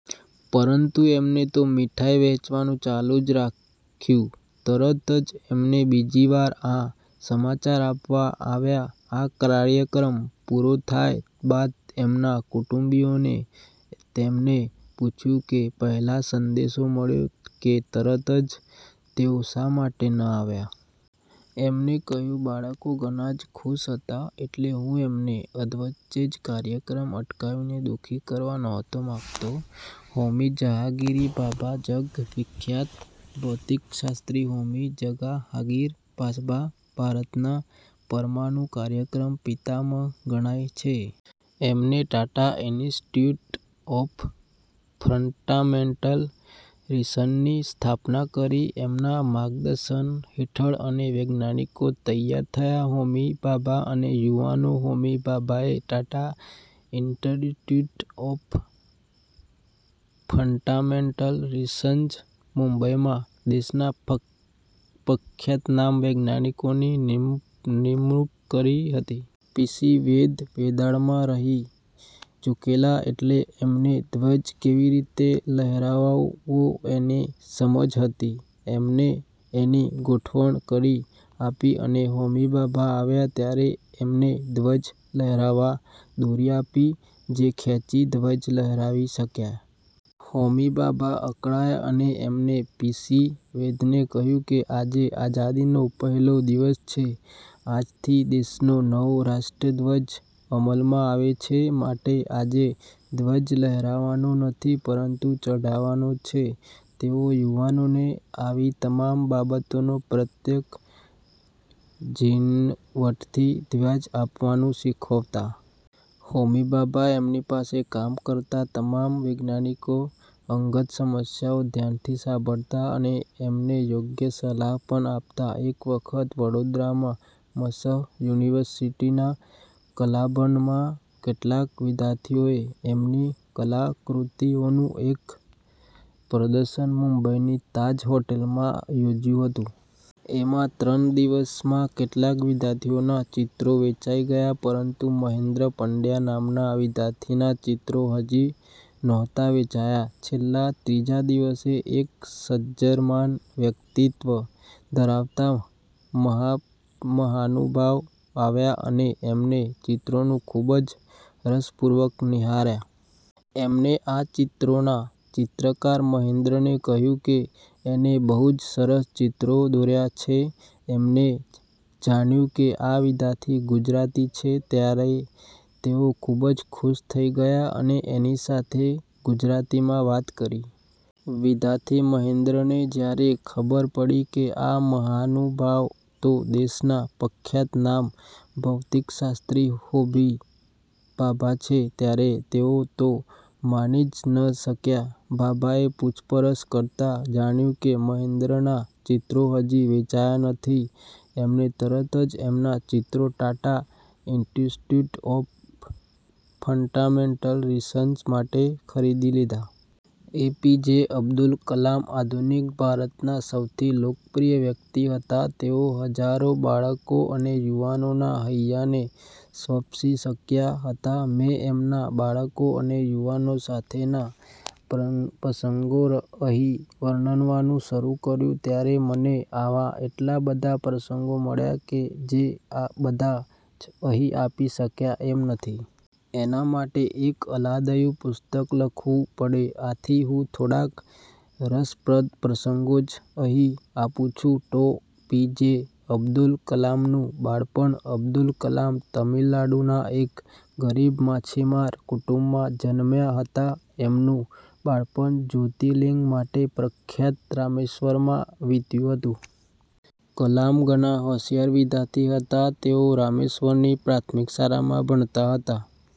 પરંતુ એમણે તો મીઠાઈ વહેંચવાનું ચાલુ જ રાખ્યું. તરત જ એમને બીજી વાર આ સમાચાર આપવામાં આવ્યા. આ કાર્યક્રમ પૂરો થયા બાદ એમના કુટુંબીઓએ એમને પૂછ્યું કે પહેલો સંદેશો મળ્યો કે તરત જ તેઓ શા માટે ન આવ્યા? એમણે કહ્યું, "બાળકો ઘણા જ ખુશ હતા એટલે હું એમને અધવચ્ચે જ કાર્યક્રમ અટકાવીને દુઃખી કરવા નહોતો માંગતો. " હોમી જહાંગીર ભાભા જગ વિખ્યાત ભૌતિકશાસ્ત્રી હોમી જહાંગીર ભાભા ભારતના પરમાણુ કાર્યક્રમના પિતામહ ગણાય છે. એમણે ટાટા ઇન્સ્ટિટ્યૂટ ઓફ ફંડામેન્ટલ રિસર્ચની સ્થાપના કરી. એમના માર્ગદર્શન હેઠળ અનેક વૈજ્ઞાનિકો તૈયાર થયા. હોમી ભાભા અને યુવાનો હોમી ભાભાએ Tata institute of fundamental research, મુંબઈમાં દેશના ખ્યાતનામ વૈજ્ઞાનિકોની નિમણુંક કરી હતી. પી. સી. વૈદ્ય સેવાદળમાં રહી ચૂકેલા એટલે એમને ધ્વજ કેવી રીતે લહેરાવવો એની સમજ હતી. એમણે એની ગોઠવણ કરી આપી અને હોમી ભાભા આવ્યા ત્યારે એમને ધ્વજ લહેરાવવા દોરી આપી જે ખેંચીને ધ્વજ લહેરાવી શકાય. હોમી ભાભા અકળાયા અને એમણે પી. સી. વૈદ્યને કહ્યું કે, "આજે આઝાદીનો પહેલો દિવસ છે. આજથી દેશનો નવો રાષ્ટ્રધ્વજ અમલમાં આવે છે. માટે આજે ધ્વજ લહેરાવવાનો નથી પરંતુ ચઢાવવાનો છે. " તેઓ યુવાનોને આવી તમામ બાબતો પ્રત્યે ઝીણવટથી ધ્યાન આપવાનું શીખવતા. હોમી ભાભા એમની પાસે કામ કરતા તમામ યુવાન વૈજ્ઞાનિકોની અંગત સમસ્યાઓ ધ્યાનથી સાંભળતા અને એમને યોગ્ય સલાહ પણ આપતા. એક વખત વડોદરાની મ. સ. યુનિવર્સીટીના કલાભવનના કેટલાક વિદ્યાર્થીઓએ એમની કલાકૃતિઓનું એક પ્રદર્શન મુંબઈની તાજ હોટેલમાં યોજ્યું હતું. એમાં ત્રણ દિવસમાં કેટલાક વિદ્યાર્થીઓના ચિત્રો વેંચાઈ ગયા પરંતુ મહેન્દ્ર પંડયા નામના વિદ્યાર્થીના ચિત્રો હજી નહોતા વેંચાયા. છેલ્લા ત્રીજા દિવસે એક જાજરમાન વ્યક્તિત્વ ધરાવતા મહાનુભાવ આવ્યા અને એમણે ચિત્રોને ખુબ જ રસપૂર્વક નિહાળ્યા. એમણે આ ચિત્રોના ચિત્રકાર મહેન્દ્રને કહ્યું કે એણે બહુ જ સરસ ચિત્રો દોર્યા છે. એમણે જાણ્યું કે આ વિદ્યાર્થી ગુજરાતી છે ત્યારે તેઓ ખુબ જ ખુશ થઇ ગયા અને એની સાથે ગુજરાતીમાં વાત કરી. વિદ્યાર્થી મહેન્દ્રને જયારે ખબર પડી કે આ મહાનુભાવ તો દેશના ખ્યાતનામ ભૌતિકશાસ્ત્રી હોમી ભાભા છે ત્યારે તેઓ તો માની જ ન શક્યા. ભાભાએ પૂછપરછ કરતાં જાણ્યું કે મહેન્દ્રના ચિત્રો હજી વેંચાયા નથી. એમણે તરત જ એમના ચિત્રો Tata institute of fundamental research માટે ખરીદી લીધા. એપીજે અબ્દુલ કલામ આધુનિક ભારતના સૌથી લોકપ્રિય વ્યક્તિ હતા. તેઓ હજારો બાળકો અને યુવાનોના હૈયાને સ્પર્શી શક્યા હતા. મેં એમના બાળકો અને યુવાનો સાથેના પ્રસંગો અહીં વર્ણવવાનું શરુ કર્યું ત્યારે મને આવા એટલા બધા પ્રસંગો મળ્યા કે જે બધા જ અહીં આપી શકાય એમ નથી. એના માટે તો એક અલાયદું પુસ્તક લખવું પડે! આથી હું થોડાક રસપ્રદ પ્રસંગો જ અહીં આપું છું. ડૉ. એપીજે અબ્દુલ કલામનું બાળપણ અબ્દુલ કલામ તામિલનાડુના એક ગરીબ માછીમાર કુટુંબમાં જનમ્યા હતા. એમનું બાળપણ જ્યોતિર્લિંગ માટે પ્રખ્યાત રામેશ્વરમમાં વીત્યું હતું. કલામ ઘણા હોશિયાર વિદ્યાર્થી હતા. તેઓ રામેશ્વરમની પ્રાથમિક શાળામાં ભણતા હતા.